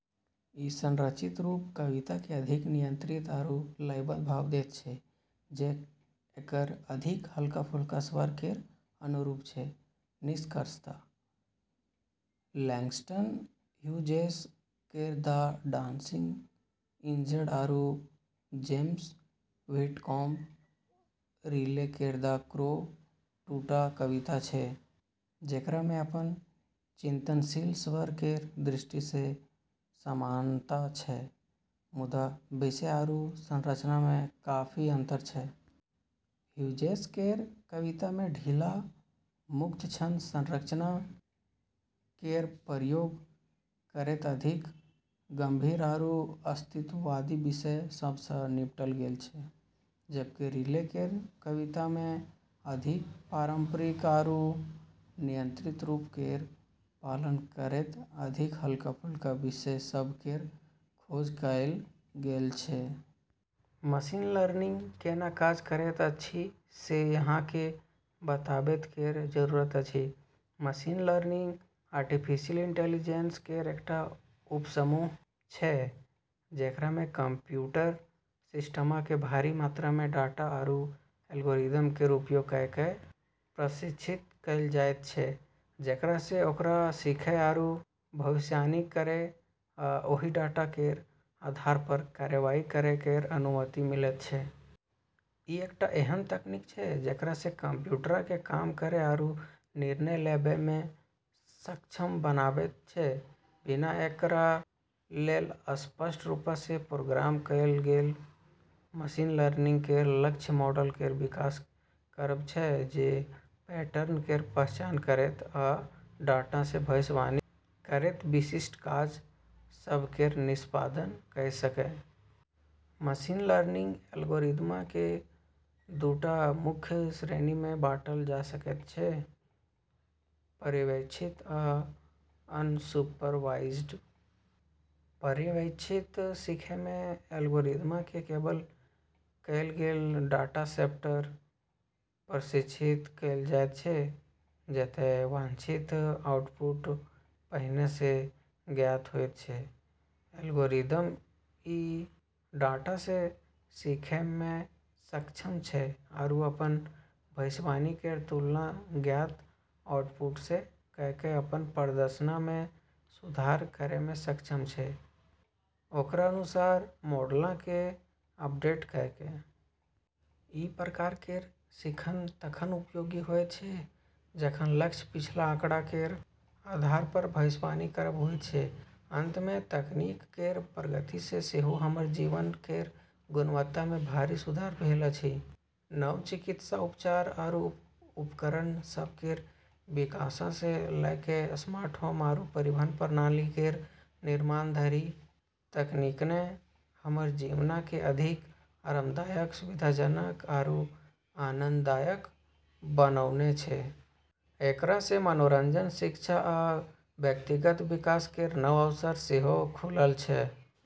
ई संरचित रूप कविताकेँ अधिक नियंत्रित आरू लयबद्ध भाव दैत छै, जे एकर अधिक हल्का-फुल्का स्वर केर अनुरूप छै। निष्कर्षतः लैंगस्टन ह्यूजेस केर द डांसिंग इंजर्ड आरू जेम्स व्हिटकॉम्ब रिले केर द क्रो दूटा कविता छै जेकरामे अपन चिंतनशील स्वर केर दृष्टिसँ समानता छै, मुदा विषय आरू संरचनामे काफी अंतर छै। ह्यूजेस केर कवितामे ढीला, मुक्त छंद संरचना केर प्रयोग करैत अधिक गंभीर आरू अस्तित्ववादी विषय सभसँ निपटल गेल छै, जबकि रिले केर कवितामे अधिक पारंपरिक आरू नियंत्रित रूप केर पालन करैत अधिक हल्का-फुल्का विषय सभ केर खोज कएल गेल छै। मशीन लर्निंग केना काज करैत अछि से अहाँकेँ बताबै केर जरूरत अछि। मशीन लर्निंग आर्टिफिशियल इंटेलिजेंस केर एकटा उपसमूह छै जेकरामे कंप्यूटर सिस्टमकेँ भारी मात्रामे डाटा आरू एल्गोरिदम केर उपयोग कऽ कऽ प्रशिक्षित कएल जाइत छै, जेकरासँ ओकरा सीखै आरू भविष्यवाणी करै या ओहि डाटा केर आधारपर कार्रवाई करै केर अनुमति मिलैत छै। ई एकटा एहन तकनीक छै जेकरासँ कंप्यूटरकेँ काम करै आरू निर्णय लेबैमे सक्षम बनाबैत छै, बिना एकरा लेल स्पष्ट रूपसँ प्रोग्राम कएल गेल। मशीन लर्निंग केर लक्ष्य मॉडल केर विकास करब छै जे पैटर्न केर पहचान करैत आ डाटासँ भविष्यवाणी करैत विशिष्ट काज सभ केर निष्पादन कऽ सकए। मशीन लर्निंग एल्गोरिदमकेँ दूटा मुख्य श्रेणीमे बाँटल जा सकैत छै: पर्यवेक्षित आ अनसुपरवाइज्ड। पर्यवेक्षित सीखैमे एल्गोरिदमकेँ लेबल कएल गेल डाटासेटपर प्रशिक्षित कएल जाइत छै, जतए वांछित आउटपुट पहिनहीसँ ज्ञात होइत छै। एल्गोरिदम ई डाटासँ सीखैमे सक्षम छै आरू अपन भविष्यवाणी केर तुलना ज्ञात आउटपुटसँ कऽ कऽ अपन प्रदर्शनमे सुधार करैमे सक्षम छै, ओकरा अनुसार मॉडलकेँ अपडेट कऽ कऽ। ई प्रकार केर सीख तखन उपयोगी होइत छै जखन लक्ष्य पिछला आँकड़ा केर आधारपर भविष्यवाणी करब होइत छै। अंतमे, तकनीक केर प्रगतिसँ सेहो हमर जीवन केर गुणवत्तामे भारी सुधार भेल अछि। नव चिकित्सा उपचार आरू उपकरण सभ केर विकाससँ लऽ कऽ स्मार्ट होम आरू परिवहन प्रणाली केर निर्माण धरि, तकनीकने हमर जीवनकेँ अधिक आरामदायक, सुविधाजनक, आरू आनंददायक बनौने छै। एकरासँ मनोरंजन, शिक्षा, आ व्यक्तिगत विकास केर नव अवसर सेहो खुलल छै।